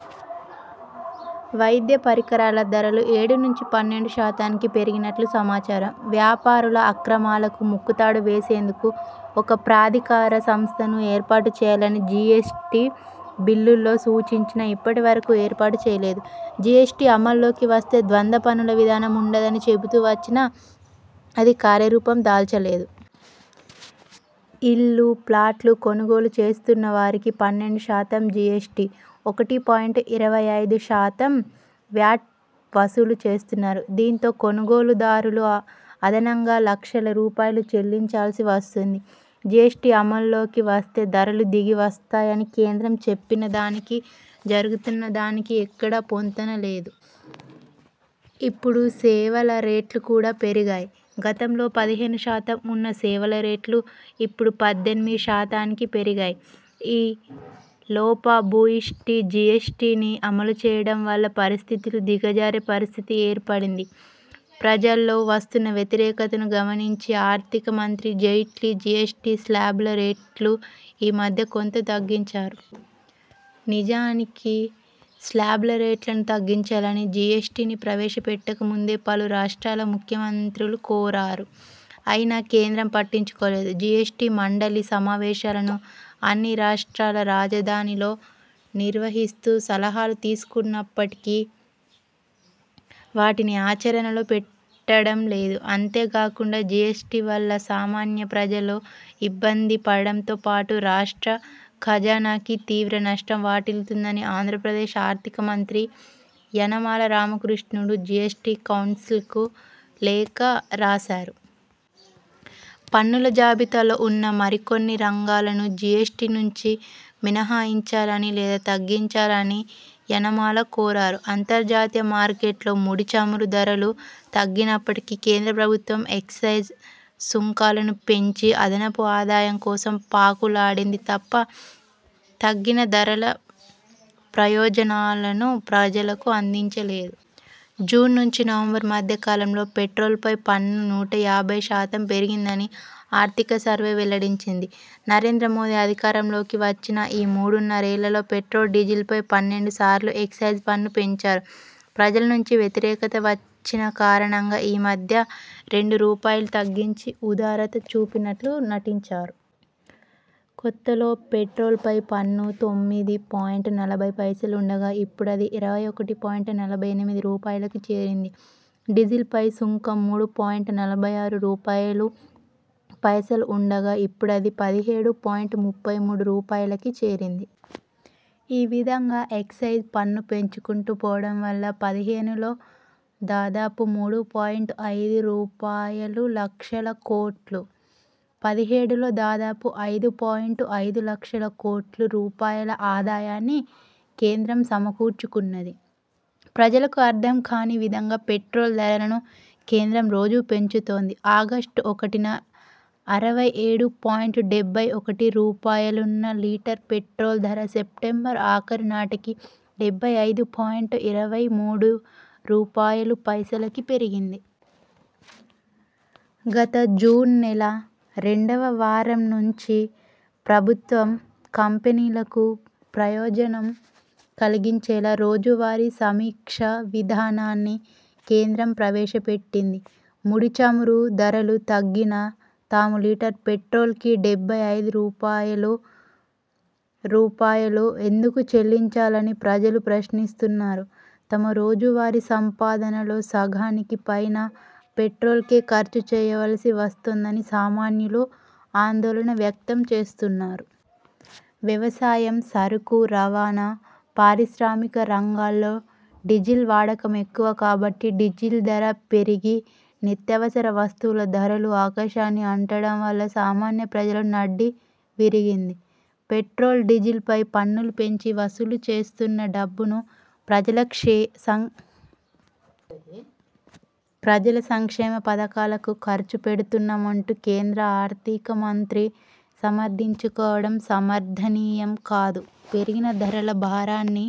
వైద్య పరికరాల ధరలు ఏడు నుంచి పన్నెండు శాతానికి పెరిగినట్లు సమాచారం. వ్యాపారుల అక్రమాలకు ముక్కుతాడు వేసేందుకు ఒక ప్రాధికార సంస్థను ఏర్పాటు చేయాలని జీఎస్టీ బిల్లులో సూచించినా ఇప్పటివరకు ఏర్పాటు చేయలేదు. జీఎస్టీ అమలులోకి వస్తే ద్వంద్వ పన్నుల విధానం ఉండదని చెబుతూ వచ్చినా అది కార్యరూపం దాల్చలేదు. ఇళ్లు, ప్లాట్లు కొనుగోలు చేస్తున్నవారికి పన్నెండు శాతం జీఎస్టీ, ఒకటి పాయింట్ ఇరవై ఐదు శాతం వ్యాట్ వసూలు చేస్తున్నారు. దీంతో కొనుగోలుదారులు అదనంగా లక్షల రూపాయలు చెల్లించాల్సి వస్తుంది. జీఎస్టీ అమలులోకి వస్తే ధరలు దిగి వస్తాయని కేంద్రం చెప్పినదానికి, జరుగుతున్న దానికి ఎక్కడా పొంతన లేదు. ఇప్పుడు సేవల రేట్లు కూడా పెరిగాయి. గతంలో పదిహేనుశాతం ఉన్న సేవల రేట్లు ఇప్పుడు పద్దెనిమిదిశాతానికి పెరిగాయి. ఈ లోపభూయిష్టమైన జీఎస్టీని అమలుచేయడం వల్ల పరిస్థితులు దిగజారే పరిస్థితి ఏర్పడింది. ప్రజల్లో వస్తున్న వ్యతిరేకతను గమనించి ఆర్థిక మంత్రి జైట్లీ జీఎస్టీ శ్లాబుల రేట్లు ఈమధ్య కొంత తగ్గించారు. నిజానికి శ్లాబుల రేట్లను తగ్గించాలని జీఎస్టీని ప్రవేశపెట్టకముందే పలు రాష్ట్రాల ముఖ్యమంత్రులు కోరారు. అయినా కేంద్రం పట్టించుకోలేదు. జీఎస్టీ మండలి సమావేశాలను అన్ని రాష్ట్రాల రాజధానిలో నిర్వహిస్తూ సలహాలు తీసుకుంటున్నప్పటికీ వాటిని ఆచరణలో పెట్టడంలేదు. అంతేగాకుండా జీఎస్టీ వల్ల సామాన్య ప్రజలు ఇబ్బంది పడటంతోపాటు రాష్ట్ర ఖజానాకి తీవ్ర నష్టం వాటిల్లుతుందని ఆంధ్రప్రదేశ్ ఆర్థికమంత్రి యనమల రామకృష్ణుడు జీఎస్టీ కౌన్సిల్ కు లేఖ రాశారు. పన్నుల జాబితాలో ఉన్న మరి కొన్ని రంగాలను జీఎస్టీ నుంచి మినహాయించాలని లేదా తగ్గించాలని యనమల కోరారు. అంతర్జాతీయ మార్కెట్లో ముడి చమురు ధరలు తగ్గినప్పటికీ కేంద్ర ప్రభుత్వం ఎక్సైజ్ సుంకాలను పెంచి అదనపు ఆదాయం కోసం పాకులాడింది తప్ప తగ్గిన ధరల ప్రయోజనాలను ప్రజలకు అందించ లే. జూన్ నుంచి నవంబర్ మధ్య కాలంలో పెట్రోల్ పై పన్ను నూట యాభైశాతం పెరిగిందని ఆర్థిక సర్వే వెల్లడించింది. నరేంద్ర మోదీ అధికారంలోకి వచ్చిన ఈ మూడున్నరేళ్లలో పెట్రోల్, డీజిల్ పై పన్నెండుసార్లు ఎక్సైజ్ పన్ను పెంచారు. ప్రజల నుంచి వ్యతిరేకత వచ్చిన కారణంగా ఈ మధ్య రెండు రూపాయలు తగ్గించి ఉదారత చూపినట్లు నటించారు. కొత్తలో పెట్రోల్ పై పన్ను తొమ్మిది పాయింట్ నలభైపైసలు ఉండగా ఇప్పుడది ఇరవై ఒకటి పాయింట్ నలభై ఎనిమిది రూపాయలుకి చేరింది. డీజిల్ పై సుంకం మూడు పాయింట్ నలభై ఆరు రూపాయలు పైసలు ఉండగా ఇప్పుడది పదిహేడు పాయింట్ ముప్పై మూడు రూపాయలుకి చేరింది. ఈ విధంగా ఎక్సైజ్ పన్ను పెంచుకుంటూ పోవడం వల్ల పదిహేనులో దాదాపు మూడు పాయింట్ ఐదు రూపాయలులక్షల కోట్లు, పదిహేడులో దాదాపు ఐదు పాయింట్ ఐదులక్షల కోట్ల రూపాయల ఆదాయాన్ని కేంద్రం సమకూర్చుకున్నది. ప్రజలకు అర్థంకాని విధంగా పెట్రోల్ ధరలను కేంద్రం రోజూ పెంచుతోంది. ఆగస్టు ఒకటిన అరవై ఏడు పాయింట్ డెబ్బై ఒకటి రూపాయలుఉన్న లీటర్ పెట్రోల్ ధర సెప్టెంబర్ ఆఖరు నాటికి డెబ్బై ఐదు పాయింట్ ఇరవై మూడు రూపాయలుపైసలకి పెరిగింది. గత జూన్ నెల రెండవ వారం నుంచి ప్రభుత్వ కంపెనీలకు ప్రయోజనం కలిగించేలా రోజువారీ సమీక్ష విధానాన్ని కేంద్రం ప్రవేశపెట్టింది. ముడి చమురు ధరలు తగ్గినా తాము లీటర్ పెట్రోల్కి డెబ్బై ఐదు రూపాయలు రూపాయలు ఎందుకు చెల్లించాలని ప్రజలు ప్రశ్నిస్తున్నారు. తమ రోజువారీ సంపాదనలో సగానికి పైగా పెట్రోల్కే ఖర్చు చేయవలసి వస్తోందని సామాన్యులు ఆందోళన వ్యక్తంచేస్తున్నారు. వ్యవసాయం, సరుకు రవాణా, పారిశ్రామిక రంగాల్లో డీజిల్ వాడకం ఎక్కువ కాబట్టి డీజిల్ ధర పెరిగి నిత్యావసర వస్తువుల ధరలు ఆకాశాన్ని అంటడం వల్ల సామాన్య ప్రజల నడ్డి విరిగింది. పెట్రోల్, డీజిల్ పై పన్నులు పెంచి వసూలు చేస్తున్న డబ్బును ప్రజల సంక్షేమ పథకాలకు ఖర్చు పెడుతున్నామంటూ కేంద్ర ఆర్థిక మంత్రి సమర్థించుకోవడం సమర్థనీయం కాదు. పెరిగిన ధరల భారాన్ని